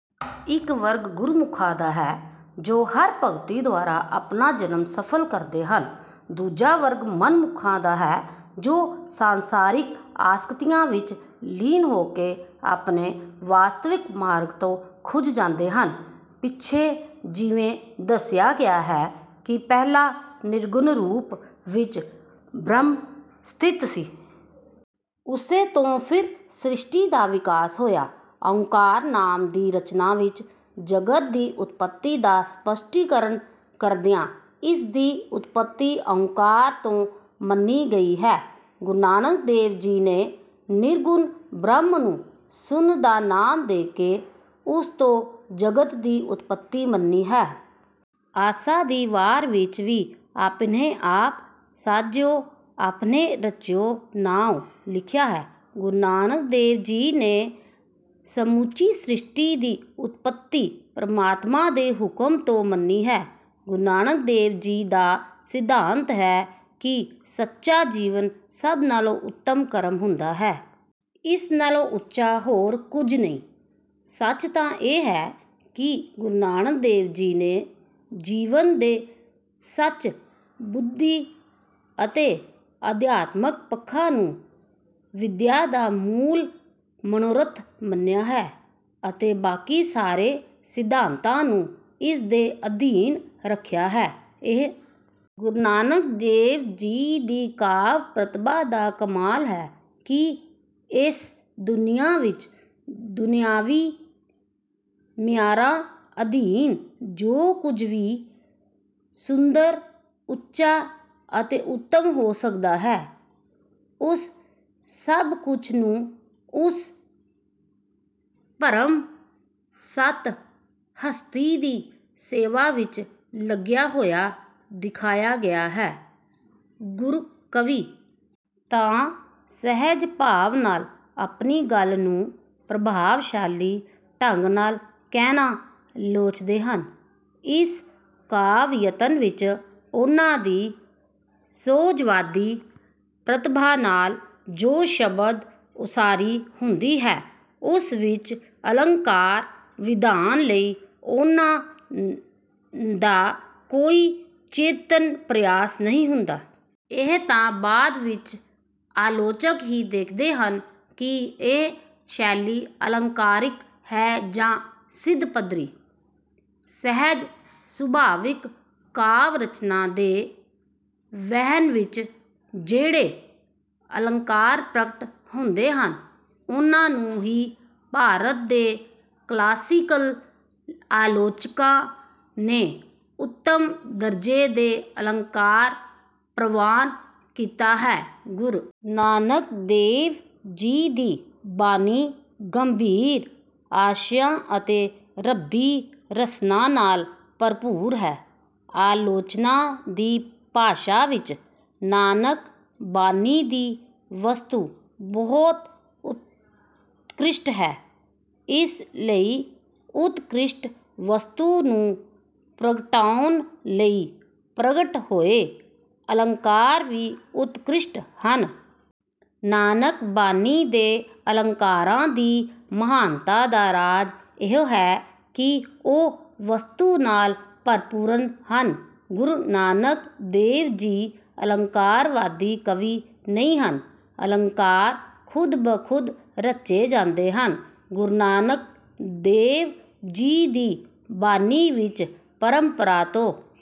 ਇੱਕ ਵਰਗ ਗੁਰਮੁਖਾਂ ਦਾ ਹੈ, ਜੋ ਹਰਿ-ਭਗਤੀ ਦੁਆਰਾ ਆਪਣਾ ਜਨਮ ਸਫ਼ਲ ਕਰਦੇ ਹਨ। ਦੂਜਾ ਵਰਗ ਮਨਮੁਖਾਂ ਦਾ ਹੈ, ਜੋ ਸੰਸਾਰਿਕ ਆਸਕਤੀਆਂ ਵਿੱਚ ਲੀਨ ਹੋ ਕੇ ਆਪਣੇ ਵਾਸਤਵਿਕ ਮਾਰਗ ਤੋਂ ਖੁੰਝ ਜਾਂਦੇ ਹਨ। ਪਿੱਛੇ ਜਿਵੇਂ ਦੱਸਿਆ ਗਿਆ ਹੈ ਕਿ ਪਹਿਲਾਂ ਨਿਰਗੁਣ ਰੂਪ ਵਿੱਚ ਬ੍ਰਹਮ ਸਥਿਤ ਸੀ। ਉਸੇ ਤੋਂ ਫਿਰ ਸ੍ਰਿਸ਼ਟੀ ਦਾ ਵਿਕਾਸ ਹੋਇਆ। ‘ਓਅੰਕਾਰ’ ਨਾਮ ਦੀ ਰਚਨਾ ਵਿੱਚ ਜਗਤ ਦੀ ਉਤਪੱਤੀ ਦਾ ਸਪੱਸ਼ਟੀਕਰਨ ਕਰਦਿਆਂ ਇਸ ਦੀ ਉਤਪੱਤੀ ‘ਓਅੰਕਾਰ’ ਤੋਂ ਮੰਨੀ ਗਈ ਹੈ। ਗੁਰੂ ਨਾਨਕ ਦੇਵ ਜੀ ਨੇ ਨਿਰਗੁਣ ਬ੍ਰਹਮ ਨੂੰ ‘ਸੁੰਨ’ ਦਾ ਨਾਮ ਦੇ ਕੇ ਉਸ ਤੋਂ ਜਗਤ ਦੀ ਉਤਪੱਤੀ ਮੰਨੀ ਹੈ। ‘ਆਸਾ ਦੀ ਵਾਰ’ ਵਿੱਚ ਵੀ “ਆਪੀਨ੍ਹੈ ਆਪੁ ਸਾਜਿਓ, ਆਪੀਨ੍ਹੈ ਰਚਿਓ ਨਾਉ” ਲਿਖਿਆ ਹੈ। ਗੁਰੂ ਨਾਨਕ ਦੇਵ ਜੀ ਨੇ ਸਮੁੱਚੀ ਸ੍ਰਿਸ਼ਟੀ ਦੀ ਉਤਪੱਤੀ ਪਰਮਾਤਮਾ ਦੇ ਹੁਕਮ ਤੋਂ ਮੰਨੀ ਹੈ। ਗੁਰੂ ਨਾਨਕ ਦੇਵ ਜੀ ਦਾ ਸਿਧਾਂਤ ਹੈ ਕਿ ਸੱਚਾ ਜੀਵਨ ਸਭ ਨਾਲੋਂ ਉੱਤਮ ਕਰਮ ਹੁੰਦਾ ਹੈ। ਇਸ ਨਾਲੋਂ ਉੱਚਾ ਹੋਰ ਕੁਝ ਨਹੀਂ। ਸੱਚ ਤਾਂ ਇਹ ਹੈ ਕਿ ਗੁਰੂ ਨਾਨਕ ਦੇਵ ਜੀ ਨੇ ਜੀਵਨ ਦੇ ਸੱਚ, ਬੁੱਧੀ ਅਤੇ ਅਧਿਆਤਮਿਕ ਪੱਖਾਂ ਨੂੰ ਵਿਦਿਆ ਦਾ ਮੂਲ ਮਨੋਰਥ ਮੰਨਿਆ ਹੈ ਅਤੇ ਬਾਕੀ ਸਾਰੇ ਸਿਧਾਂਤਾਂ ਨੂੰ ਇਸ ਦੇ ਅਧੀਨ ਰੱਖਿਆ ਹੈ। ਇਹ ਗੁਰੂ ਨਾਨਕ ਦੇਵ ਜੀ ਦੀ ਕਾਵਿ-ਪ੍ਰਤਿਭਾ ਦਾ ਕਮਾਲ ਹੈ ਕਿ ਇਸ ਦੁਨੀਆ ਵਿੱਚ ਦੁਨਿਆਵੀ ਮਿਆਰਾਂ ਅਧੀਨ ਜੋ ਕੁਝ ਵੀ ਸੁੰਦਰ, ਉੱਚਾ ਅਤੇ ਉੱਤਮ ਹੋ ਸਕਦਾ ਹੈ, ਉਸ ਸਭ ਕੁਝ ਨੂੰ ਉਸ ਪਰਮ ਸਤਿ-ਹਸਤੀ ਦੀ ਸੇਵਾ ਵਿੱਚ ਲੱਗਿਆ ਹੋਇਆ ਦਿਖਾਇਆ ਗਿਆ ਹੈ। ਗੁਰੂ-ਕਵੀ ਤਾਂ ਸਹਿਜ-ਭਾਵ ਨਾਲ ਆਪਣੀ ਗੱਲ ਨੂੰ ਪ੍ਰਭਾਵਸ਼ਾਲੀ ਢੰਗ ਨਾਲ ਕਹਿਣਾ ਲੋਚਦੇ ਹਨ। ਇਸ ਕਾਵਿ-ਯਤਨ ਵਿੱਚ ਉਨ੍ਹਾਂ ਦੀ ਸੁਹਜਵਾਦੀ ਪ੍ਰਤਿਭਾ ਨਾਲ ਜੋ ਸ਼ਬਦ-ਉਸਾਰੀ ਹੁੰਦੀ ਹੈ, ਉਸ ਵਿੱਚ ਅਲੰਕਾਰ-ਵਿਧਾਨ ਲਈ ਉਨ੍ਹਾਂ ਦਾ ਕੋਈ ਚੇਤਨ ਪ੍ਰਯਾਸ ਨਹੀਂ ਹੁੰਦਾ। ਇਹ ਤਾਂ ਬਾਅਦ ਵਿੱਚ ਆਲੋਚਕ ਹੀ ਵੇਖਦੇ ਹਨ ਕਿ ਇਹ ਸ਼ੈਲੀ ਅਲੰਕਾਰਿਕ ਹੈ ਜਾਂ ਸਿੱਧ-ਪੱਧਰੀ। ਸਹਿਜ-ਸੁਭਾਵਿਕ ਕਾਵਿ-ਰਚਨਾ ਦੇ ਵਹਿਣ ਵਿੱਚ ਜਿਹੜੇ ਅਲੰਕਾਰ ਪ੍ਰਗਟ ਹੁੰਦੇ ਹਨ, ਉਨ੍ਹਾਂ ਨੂੰ ਹੀ ਭਾਰਤ ਦੇ ਕਲਾਸੀਕਲ ਆਲੋਚਕਾਂ ਨੇ ਉੱਤਮ ਦਰਜੇ ਦੇ ਅਲੰਕਾਰ ਪ੍ਰਵਾਨ ਕੀਤਾ ਹੈ। ਗੁਰੂ ਨਾਨਕ ਦੇਵ ਜੀ ਦੀ ਬਾਣੀ ਗੰਭੀਰ ਆਸ਼ਿਆਂ ਅਤੇ ਰੱਬੀ ਰਹੱਸਾਂ ਨਾਲ ਭਰਪੂਰ ਹੈ। ਆਲੋਚਨਾ ਦੀ ਭਾਸ਼ਾ ਵਿੱਚ ਨਾਨਕ-ਬਾਣੀ ਦੀ ਵਸਤੂ ਬਹੁਤ ਉਤਕ੍ਰਿਸ਼ਟ ਹੈ। ਇਸ ਲਈ ਉਤਕ੍ਰਿਸ਼ਟ ਵਸਤੂ ਨੂੰ ਪ੍ਰਗਟਾਉਣ ਲਈ ਪ੍ਰਗਟ ਹੋਏ ਅਲੰਕਾਰ ਵੀ ਉਤਕ੍ਰਿਸ਼ਟ ਹਨ। ਨਾਨਕ-ਬਾਣੀ ਦੇ ਅਲੰਕਾਰਾਂ ਦੀ ਮਹਾਨਤਾ ਦਾ ਰਾਜ ਇਹੋ ਹੈ ਕਿ ਉਹ ਵਸਤੂ ਨਾਲ ਪਰਿਪੂਰਨ ਹਨ। ਗੁਰੂ ਨਾਨਕ ਦੇਵ ਜੀ ਅਲੰਕਾਰਵਾਦੀ ਕਵੀ ਨਹੀਂ ਹਨ। ਅਲੰਕਾਰ ਖ਼ੁਦ-ਬ-ਖ਼ੁਦ ਰਚੇ ਜਾਂਦੇ ਹਨ। ਗੁਰੂ ਨਾਨਕ ਦੇਵ ਜੀ ਦੀ ਬਾਣੀ ਵਿੱਚ ਪਰੰਪਰਾ ਤੋਂ…